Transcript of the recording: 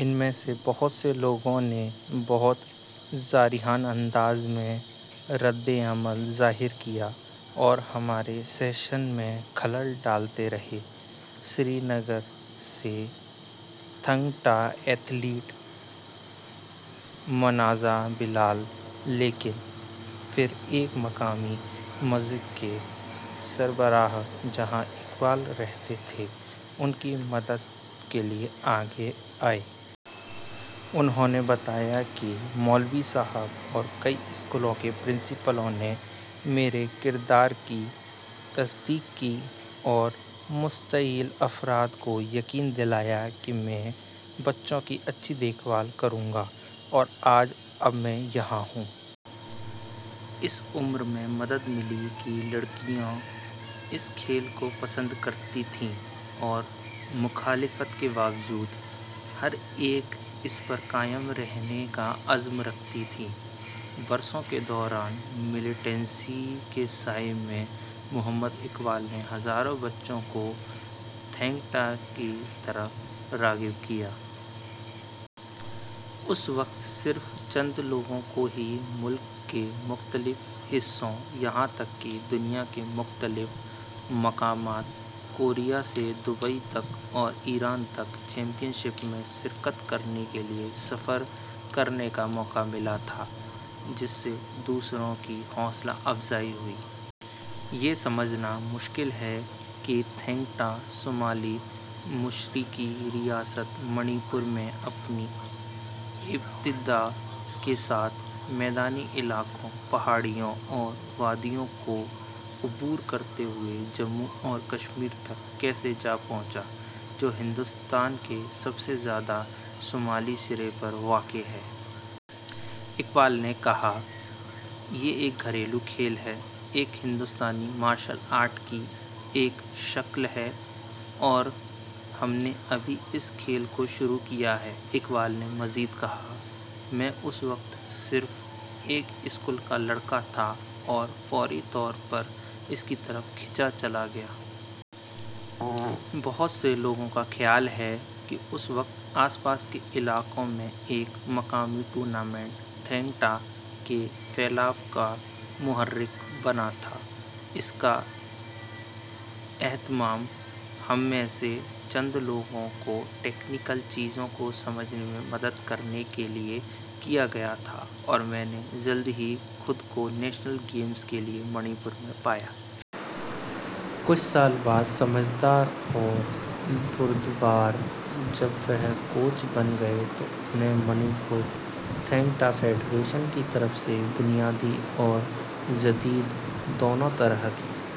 ان میں سے بہت سے لوگوں نے بہت جارحانہ انداز میں ردعمل ظاہر کیا اور ہمارے سیشن میں خلل ڈالتے رہے۔ سری نگر سے تھنگ ٹا ایتھلیٹ منازہ بلال۔ لیکن پھر ایک مقامی مسجد کے سربراہ، جہاں اقبال رہتے تھے، ان کی مدد کے لیے آگے آئے۔ انہوں نے بتایا کہ مولوی صاحب اور کئی اسکولوں کے پرنسپلوں نے میرے کردار کی تصدیق کی اور مشتعل افراد کو یقین دلایا کہ میں بچوں کی اچھی دیکھ بھال کروں گا، اور آج اب میں یہاں ہوں۔ اس امر سے مدد ملی کہ لڑکیاں اس کھیل کو پسند کرتی تھیں اور مخالفت کے باوجود ہر ایک اس پر قائم رہنے کا عزم رکھتی تھی۔ برسوں کے دوران، ملی ٹینسی کے سائے میں، محمد اقبال نے ہزاروں بچوں کو تھینگ ٹا کی طرف راغب کیا۔ اس وقت صرف چند لوگوں کو ہی ملک کے مختلف حصوں، حتیٰ کہ دنیا کے مختلف مقامات، کوریا سے دبئی تک اور ایران تک، چیمپئن شپ میں شرکت کے لیے سفر کرنے کا موقع ملا تھا، جس سے دوسروں کی حوصلہ افزائی ہوئی۔ یہ سمجھنا مشکل ہے کہ تھینگ ٹا، شمال مشرقی ریاست منی پور میں اپنی ابتدا کے ساتھ، میدانی علاقوں، پہاڑیوں اور وادیوں کو عبور کرتے ہوئے جموں و کشمیر تک کیسے جا پہنچا، جو ہندوستان کے سب سے زیادہ شمالی سرے پر واقع ہے۔ اقبال نے کہا، یہ ایک گھریلو کھیل ہے، ایک ہندوستانی مارشل آرٹ کی ایک شکل ہے اور ہم نے ابھی اس کھیل کو شروع کیا ہے۔ اقبال نے مزید کہا، میں اس وقت صرف ایک اسکول کا لڑکا تھا اور فوری طور پر اس کی طرف کھینچا چلا گیا۔ بہت سے لوگوں کا خیال ہے کہ اس وقت آس پاس کے علاقے میں ایک مقامی ٹورنامنٹ تھینگ ٹا کے پھیلاؤ کا محرک بنا تھا۔ اس کا اہتمام ہم میں سے چند لوگوں کو تکنیکی چیزوں کو سمجھنے میں مدد کرنے کے لیے کیا گیا تھا اور میں نے جلد ہی خود کو نیشنل گیمز کے لیے منی پور میں پایا۔ کچھ سال بعد، سمجھدار اور بردبار، جب وہ کوچ بن گئے تو انہیں منی پوری تھینگ ٹا فیڈریشن کی طرف سے بنیادی اور جدید، دونوں طرح کی…